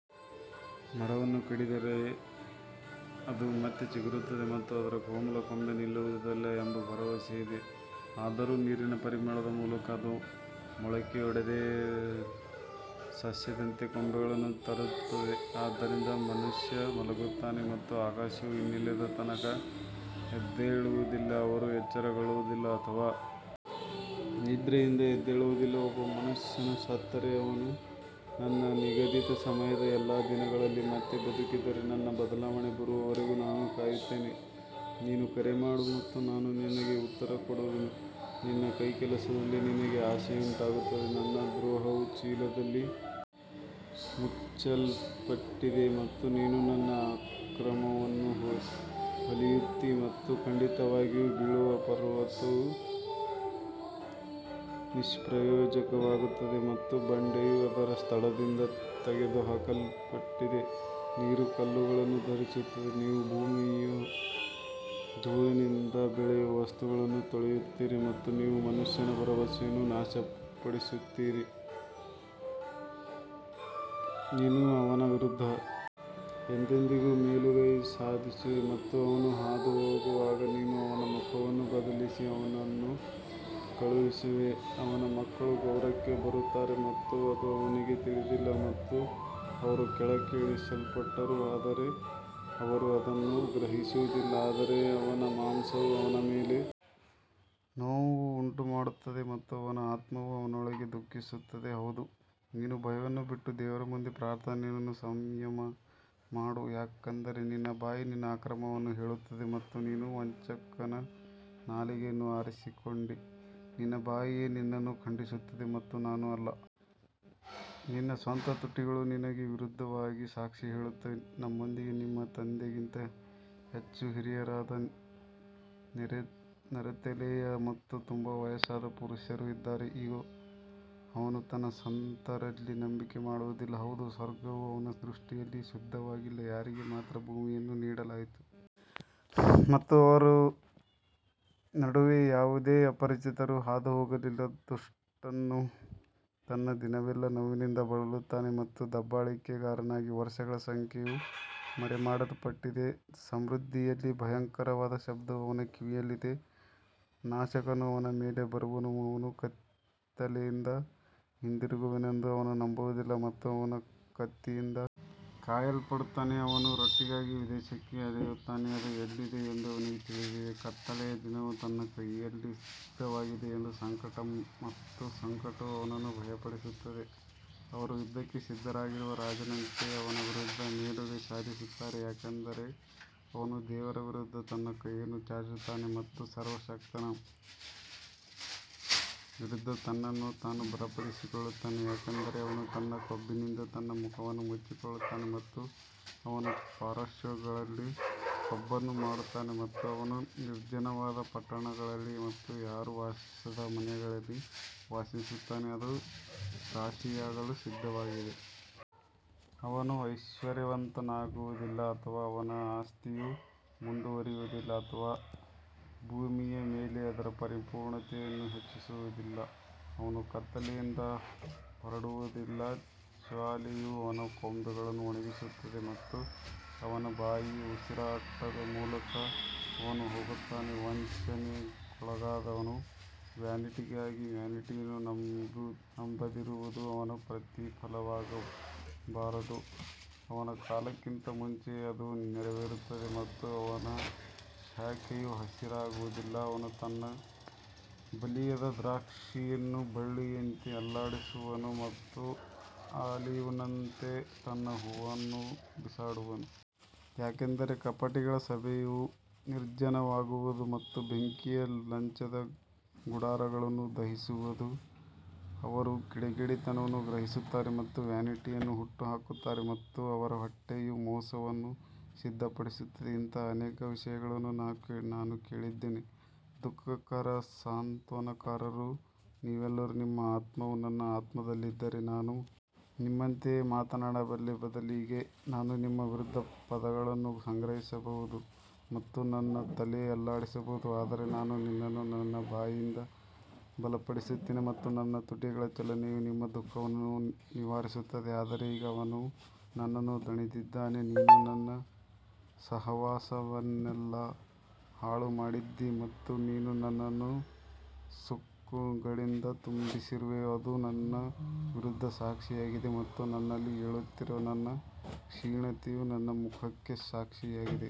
ಮರವನ್ನು ಕಡಿದರೆ ಅದು ಮತ್ತೆ ಚಿಗುರುತ್ತದೆ ಮತ್ತು ಅದರ ಕೋಮಲ ಕೊಂಬೆ ನಿಲ್ಲುವುದಿಲ್ಲ ಎಂಬ ಭರವಸೆ ಇದೆ. ಆದರೂ ನೀರಿನ ಪರಿಮಳದ ಮೂಲಕ ಅದು ಮೊಳಕೆಯೊಡೆದು ಸಸ್ಯದಂತೆ ಕೊಂಬೆಗಳನ್ನು ತರುತ್ತದೆ ಆದ್ದರಿಂದ ಮನುಷ್ಯ ಮಲಗುತ್ತಾನೆ ಮತ್ತು ಆಕಾಶವು ಇನ್ನಿಲ್ಲದ ತನಕ ಎದ್ದೇಳುವುದಿಲ್ಲ, ಅವರು ಎಚ್ಚರಗೊಳ್ಳುವುದಿಲ್ಲ ಅಥವಾ ನಿದ್ರೆಯಿಂದ ಎದ್ದೇಳುವುದಿಲ್ಲ ಒಬ್ಬ ಮನುಷ್ಯನು ಸತ್ತರೆ ಅವನು ನನ್ನ ನಿಗದಿತ ಸಮಯದ ಎಲ್ಲಾ ದಿನಗಳಲ್ಲಿ ಮತ್ತೆ ಬದುಕಿದರೆ ನನ್ನ ಬದಲಾವಣೆ ಬರುವವರೆಗೆ ನಾನು ಕಾಯುತ್ತೇನೆ ನೀನು ಕರೆ ಮಾಡು ಮತ್ತು ನಾನು ನಿನಗೆ ಉತ್ತರ ಕೊಡುವೆನು ನಿನ್ನ ಕೈಕೆಲಸದಲ್ಲಿ ನಿನಗೆ ಆಸೆಯುಂಟಾಗುತ್ತದೆ ನನ್ನ ದ್ರೋಹವು ಚೀಲದಲ್ಲಿ ಮುಚ್ಚಲ್ಪಟ್ಟಿದೆ ಮತ್ತು ನೀನು ನನ್ನ ಅಕ್ರಮವನ್ನು ಹೊಲಿಯುತ್ತೀ ಮತ್ತು ಖಂಡಿತವಾಗಿಯೂ ಬೀಳುವ ಪರ್ವತವು ನಿಷ್ಪ್ರಯೋಜಕವಾಗುತ್ತದೆ ಮತ್ತು ಬಂಡೆಯು ಅದರ ಸ್ಥಳದಿಂದ ತೆಗೆದುಹಾಕಲ್ಪಟ್ಟಿದೆ ನೀರು ಕಲ್ಲುಗಳನ್ನು ಧರಿಸುತ್ತದೆ, ನೀವು ಭೂಮಿಯ ಧೂಳಿನಿಂದ ಬೆಳೆಯುವ ವಸ್ತುಗಳನ್ನು ತೊಳೆಯುತ್ತೀರಿ ಮತ್ತು ನೀವು ಮನುಷ್ಯನ ಭರವಸೆಯನ್ನು ನಾಶಪಡಿಸುತ್ತೀರಿ ನೀನು ಅವನ ವಿರುದ್ಧ ಎಂದೆಂದಿಗೂ ಮೇಲುಗೈ ಸಾಧಿಸುವೆ ಮತ್ತು ಅವನು ಹಾದುಹೋಗುವಾಗ ನೀನು ಅವನ ಮುಖವನ್ನು ಬದಲಿಸಿ ಅವನನ್ನು ಕಳುಹಿಸುವೆ ಅವನ ಮಕ್ಕಳು ಗೌರವಕ್ಕೆ ಬರುತ್ತಾರೆ ಮತ್ತು ಅದು ಅವನಿಗೆ ತಿಳಿದಿಲ್ಲ ಮತ್ತು ಅವರು ಕೆಳಕ್ಕೆ ಇಳಿಸಲ್ಪಟ್ಟರು ಆದರೆ ಅವರು ಅದನ್ನು ಗ್ರಹಿಸುವುದಿಲ್ಲ ಆದರೆ ಅವನ ಮಾಂಸವು ಅವನ ಮೇಲೆ ನೋವುಂಟುಮಾಡುತ್ತದೆ ಮತ್ತು ಅವನ ಆತ್ಮವು ಅವನೊಳಗೆ ದುಃಖಿಸುತ್ತದೆ ಹೌದು ನೀನು ಭಯವನ್ನು ಬಿಟ್ಟು ದೇವರ ಮುಂದೆ ಪ್ರಾರ್ಥನೆಯನ್ನು ಸಂಯಮ ಮಾಡು ಯಾಕಂದರೆ ನಿನ್ನ ಬಾಯಿ ನಿನ್ನ ಅಕ್ರಮವನ್ನು ಹೇಳುತ್ತದೆ ಮತ್ತು ನೀನು ವಂಚಕನ ನಾಲಿಗೆಯನ್ನು ಆರಿಸಿಕೊಂಡಿ ನಿನ್ನ ಬಾಯಿಯೇ ನಿನ್ನನ್ನು ಖಂಡಿಸುತ್ತದೆ ಮತ್ತು ನಾನು ಅಲ್ಲ ನಿನ್ನ ಸ್ವಂತ ತುಟಿಗಳು ನಿನಗೆ ವಿರುದ್ಧವಾಗಿ ಸಾಕ್ಷಿ ಹೇಳುತ್ತವೆ ನಮ್ಮೊಂದಿಗೆ ನಿಮ್ಮ ತಂದೆಗಿಂತ ಹೆಚ್ಚು ಹಿರಿಯರಾದ ನರೆತಲೆಯ ಮತ್ತು ತುಂಬಾ ವಯಸ್ಸಾದ ಪುರುಷರು ಇದ್ದಾರೆ ಇಗೋ, ಅವನು ತನ್ನ ಸಂತರಲ್ಲಿ ನಂಬಿಕೆ ಇಡುವುದಿಲ್ಲ, ಹೌದು, ಸ್ವರ್ಗವು ಅವನ ದೃಷ್ಟಿಯಲ್ಲಿ ಶುದ್ಧವಾಗಿಲ್ಲ ಯಾರಿಗೆ ಮಾತ್ರ ಭೂಮಿಯನ್ನು ನೀಡಲಾಯಿತು ಮತ್ತು ಅವರ ನಡುವೆ ಯಾವುದೇ ಅಪರಿಚಿತರು ಹಾದುಹೋಗಲಿಲ್ಲ ದುಷ್ಟನು ತನ್ನ ದಿನವೆಲ್ಲಾ ನೋವಿನಿಂದ ಬಳಲುತ್ತಾನೆ ಮತ್ತು ದಬ್ಬಾಳಿಕೆಗಾರನಿಗೆ ವರ್ಷಗಳ ಸಂಖ್ಯೆಯು ಮರೆಮಾಡಲ್ಪಟ್ಟಿದೆ ಸಮೃದ್ಧಿಯಲ್ಲಿ ಭಯಂಕರವಾದ ಶಬ್ದವು ಅವನ ಕಿವಿಯಲ್ಲಿದೆ, ನಾಶಕನು ಅವನ ಮೇಲೆ ಬರುವನು ಅವನು ಕತ್ತಲೆಯಿಂದ ಹಿಂದಿರುಗುವನೆಂದು ಅವನು ನಂಬುವುದಿಲ್ಲ ಮತ್ತು ಅವನು ಕತ್ತಿಯಿಂದ ಕಾಯಲ್ಪಡುತ್ತಾನೆ ಅವನು ರೊಟ್ಟಿಗಾಗಿ ವಿದೇಶಕ್ಕೆ ಅಲೆಯುತ್ತಾನೆ, ಅದು ಎಲ್ಲಿದೆ ಎಂದು ಅವನಿಗೆ ತಿಳಿದಿದೆ, ಕತ್ತಲೆಯ ದಿನವು ತನ್ನ ಕೈಯಲ್ಲಿ ಸಿದ್ಧವಾಗಿದೆ ಎಂದು ಸಂಕಟ ಮತ್ತು ಸಂಕಟವು ಅವನನ್ನು ಭಯಪಡಿಸುತ್ತದೆ, ಅವರು ಯುದ್ಧಕ್ಕೆ ಸಿದ್ಧರಾಗಿರುವ ರಾಜನಂತೆ ಅವನ ವಿರುದ್ಧ ಮೇಲುಗೈ ಸಾಧಿಸುತ್ತಾರೆ ಯಾಕಂದರೆ ಅವನು ದೇವರ ವಿರುದ್ಧ ತನ್ನ ಕೈಯನ್ನು ಚಾಚುತ್ತಾನೆ ಮತ್ತು ಸರ್ವಶಕ್ತನ ವಿರುದ್ಧ ತನ್ನನ್ನು ತಾನು ಬಲಪಡಿಸಿಕೊಳ್ಳುತ್ತಾನೆ ಯಾಕಂದರೆ ಅವನು ತನ್ನ ಕೊಬ್ಬಿನಿಂದ ತನ್ನ ಮುಖವನ್ನು ಮುಚ್ಚಿಕೊಳ್ಳುತ್ತಾನೆ ಮತ್ತು ಅವನ ಪಾರ್ಶ್ವಗಳಲ್ಲಿ ಕೊಬ್ಬನ್ನು ಮಾಡುತ್ತಾನೆ ಮತ್ತು ಅವನು ನಿರ್ಜನವಾದ ಪಟ್ಟಣಗಳಲ್ಲಿ ಮತ್ತು ಯಾರೂ ವಾಸಿಸದ ಮನೆಗಳಲ್ಲಿ ವಾಸಿಸುತ್ತಾನೆ, ಅದು ರಾಶಿಯಾಗಲು ಸಿದ್ಧವಾಗಿದೆ. ಅವನು ಐಶ್ವರ್ಯವಂತನಾಗುವದಿಲ್ಲ ಅಥವಾ ಅವನ ಆಸ್ತಿಯು ಮುಂದುವರಿಯುವದಿಲ್ಲ ಅಥವಾ ಭೂಮಿಯ ಮೇಲೆ ಅದರ ಪರಿಪೂರ್ಣತೆಯನ್ನು ಹೆಚ್ಚಿಸುವದಿಲ್ಲ ಅವನು ಕತ್ತಲೆಯಿಂದ ಹೊರಡುವದಿಲ್ಲ, ಜ್ವಾಲೆಯು ಅವನ ಕೊಂಬೆಗಳನ್ನು ಒಣಗಿಸುತ್ತದೆ ಮತ್ತು ಅವನ ಬಾಯಿಯ ಉಸಿರಾಟದ ಮೂಲಕ ಅವನು ಹೋಗುತ್ತಾನೆ ವಂಚನೆಗೊಳಗಾದವನು ವ್ಯಾನಿಟಿಗಾಗಿ ವ್ಯಾನಿಟಿಯನ್ನು ನಂಬದಿರುವುದು ಅವನ ಪ್ರತಿಫಲವಾಗಬಾರದು ಅವನ ಕಾಲಕ್ಕಿಂತ ಮುಂಚೆಯೇ ಅದು ನೆರವೇರುತ್ತದೆ ಮತ್ತು ಅವನ ಶಾಖೆಯು ಹಸಿರಾಗಿರುವುದಿಲ್ಲ ಅವನು ತನ್ನ ಬಲಿಯದ ದ್ರಾಕ್ಷಿಯನ್ನು ಬಳ್ಳಿಯಂತೆ ಅಲ್ಲಾಡಿಸುವನು ಮತ್ತು ಆಲಿವ್ನಂತೆ ತನ್ನ ಹೂವನ್ನು ಬಿಸಾಡುವನು. ಯಾಕಂದರೆ ಕಪಟಿಗಳ ಸಭೆಯು ನಿರ್ಜನವಾಗುವದು ಮತ್ತು ಬೆಂಕಿಯು ಲಂಚದ ಗುಡಾರಗಳನ್ನು ದಹಿಸುವದು. ಅವರು ಕಿಡಿಗೇಡಿತನವನ್ನು ಗ್ರಹಿಸುತ್ತಾರೆ ಮತ್ತು ವ್ಯಾನಿಟಿಯನ್ನು ಹುಟ್ಟುಹಾಕುತ್ತಾರೆ ಮತ್ತು ಅವರ ಹೊಟ್ಟೆಯು ಮೋಸವನ್ನು ಸಿದ್ಧಪಡಿಸುತ್ತದೆ ಇಂತಹ ಅನೇಕ ವಿಷಯಗಳನ್ನು ನಾನು ಕೇಳಿದ್ದೇನೆ ದುಃಖಕರ ಸಾಂತ್ವನಕಾರರು ನೀವೆಲ್ಲರೂ ನಿಮ್ಮ ಆತ್ಮವು ನನ್ನ ಆತ್ಮದಲ್ಲಿದ್ದರೆ ನಾನು ನಿಮ್ಮಂತೆಯೇ ಮಾತನಾಡಬಲ್ಲೆ, ಬದಲಿಗೆ ನಾನು ನಿಮ್ಮ ವಿರುದ್ಧ ಪದಗಳನ್ನು ಸಂಗ್ರಹಿಸಬಹುದು ಮತ್ತು ನನ್ನ ತಲೆ ಅಲ್ಲಾಡಿಸಬಹುದು ಆದರೆ ನಾನು ನಿನ್ನನ್ನು ನನ್ನ ಬಾಯಿಯಿಂದ ಬಲಪಡಿಸುತ್ತೇನೆ ಮತ್ತು ನನ್ನ ತುಟಿಗಳ ಚಲನೆಯು ನಿಮ್ಮ ದುಃಖವನ್ನು ನಿವಾರಿಸುತ್ತದೆ ಆದರೆ ಈಗ ಅವನು ನನ್ನನ್ನು ದಣಿದಿದ್ದಾನೆ, ನೀನು ನನ್ನ ಸಹವಾಸವನ್ನೆಲ್ಲಾ ಹಾಳು ಮಾಡಿದ್ದೀ ಮತ್ತು ನೀನು ನನ್ನನ್ನು ಸುಕ್ಕುಗಳಿಂದ ತುಂಬಿಸಿರುವೆ, ಅದು ನನ್ನ ವಿರುದ್ಧ ಸಾಕ್ಷಿಯಾಗಿದೆ ಮತ್ತು ನನ್ನಲ್ಲಿ ಏಳುತ್ತಿರುವ ನನ್ನ ಕ್ಷೀಣತೆಯು ನನ್ನ ಮುಖಕ್ಕೆ ಸಾಕ್ಷಿಯಾಗಿದೆ.